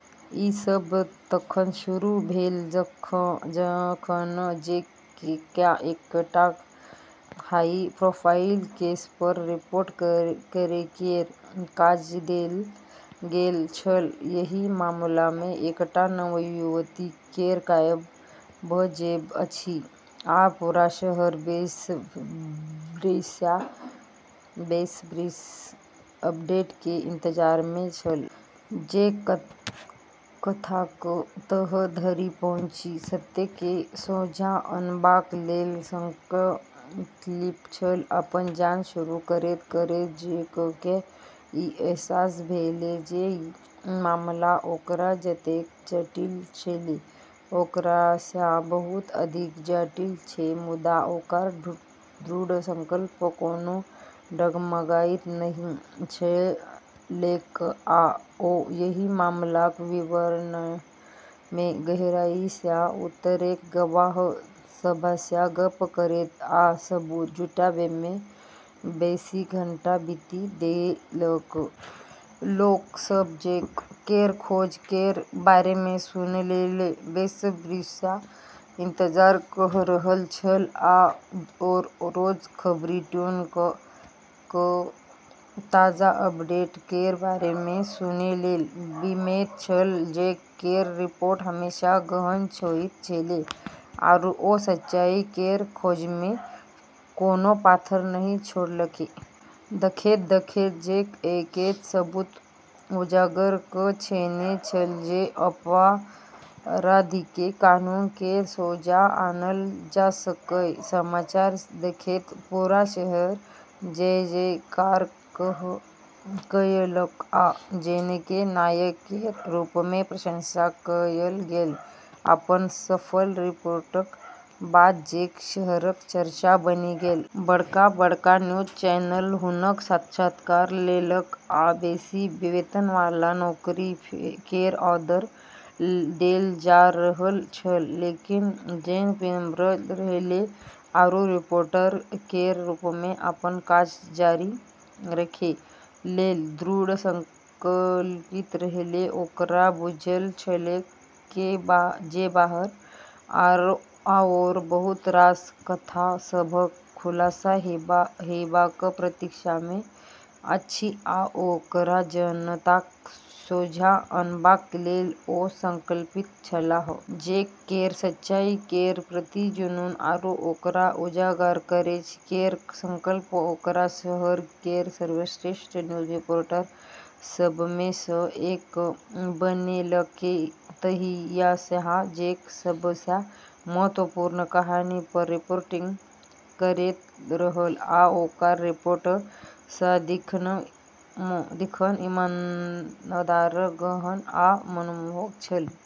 ई सब तखन शुरू भेल जखन जैककेँ एकटा हाई प्रोफाइल केसपर रिपोर्ट करै केर काज देल गेल छल। एहि मामलामे एकटा नवयुवती केर गायब भऽ जेब अछि आ पूरा शहर बेसब्रीसँ अपडेट केर इंतजारमे छल। जैक कथाक तह धरि पहुँची सत्यकेँ सोझाँ अनबाक लेल संकल्पित छल। अपन जांच शुरू करैत-करैत जैककेँ ई अहसास भेलै जे ई मामला ओकरा जतेक जटिल छेलै, ओकरासँ बहुत अधिक जटिल छै। मुदा ओकर दृढ़ संकल्प कोनो डगमगाइत नहि छलैक, आ ओ एहि मामलाक विवरणमे गहराईसँ उतरैत, गवाह सभसँ गप्प करैत आ सबूत जुटाबैमे बेसी घंटा बिता देलक। लोक सब जैक केर खोज केर बारेमे सुनै लेल बेसब्रीसँ इंतजार कऽ रहल छल, आओर रोज खबरि ट्यून कऽ कऽ ताजा अपडेट केर बारेमे सुनै लेल मिलैत छल। जैक केर रिपोर्ट हमेशा गहन होइत छेलै, आरू ओ सच्चाई केर खोजमे कोनो पाथर नहि छोड़लकै। देखैत-देखैत जैक एतेक सबूत उजागर कऽ लेने छल जे अपराधीकेँ कानून केर सोझाँ आनल जा सकए। समाचार देखैत पूरा शहर जय-जयकार कएलक, आ जैककेँ नायक केर रूपमे प्रशंसा कएल गेल। अपन सफल रिपोर्टक बाद जैक शहरक चर्चा बनि गेल। बड़का-बड़का न्यूज चैनल हुनक साक्षात्कार लेलक आ बेसी वेतनवाला नौकरी केर ऑफर देल जा रहल छल। लेकिन जैक विनम्र रहलै आरू रिपोर्टर केर रूपमे अपन काज जारी रखै लेल दृढ़ संकल्पित रहलै। ओकरा बुझल छलैक जे बाहर आओर बहुत रास कथा सभक खुलासा हेबाक प्रतीक्षामे अछि, आ ओकरा जनताक सोझाँ अनबाक लेल ओ संकल्पित छलाह। जैक केर सच्चाई केर प्रति जुनून आरू ओकरा उजागर करै केर संकल्प ओकरा शहर केर सर्वश्रेष्ठ न्यूज रिपोर्टर सभमेसँ एक बनेलकै। तहियासँ जैक सबसँ महत्वपूर्ण कहानीपर रिपोर्टिंग करैत रहल, आ ओकर रिपोर्ट सदिखन ईमानदार, गहन आ मनमोहक छल।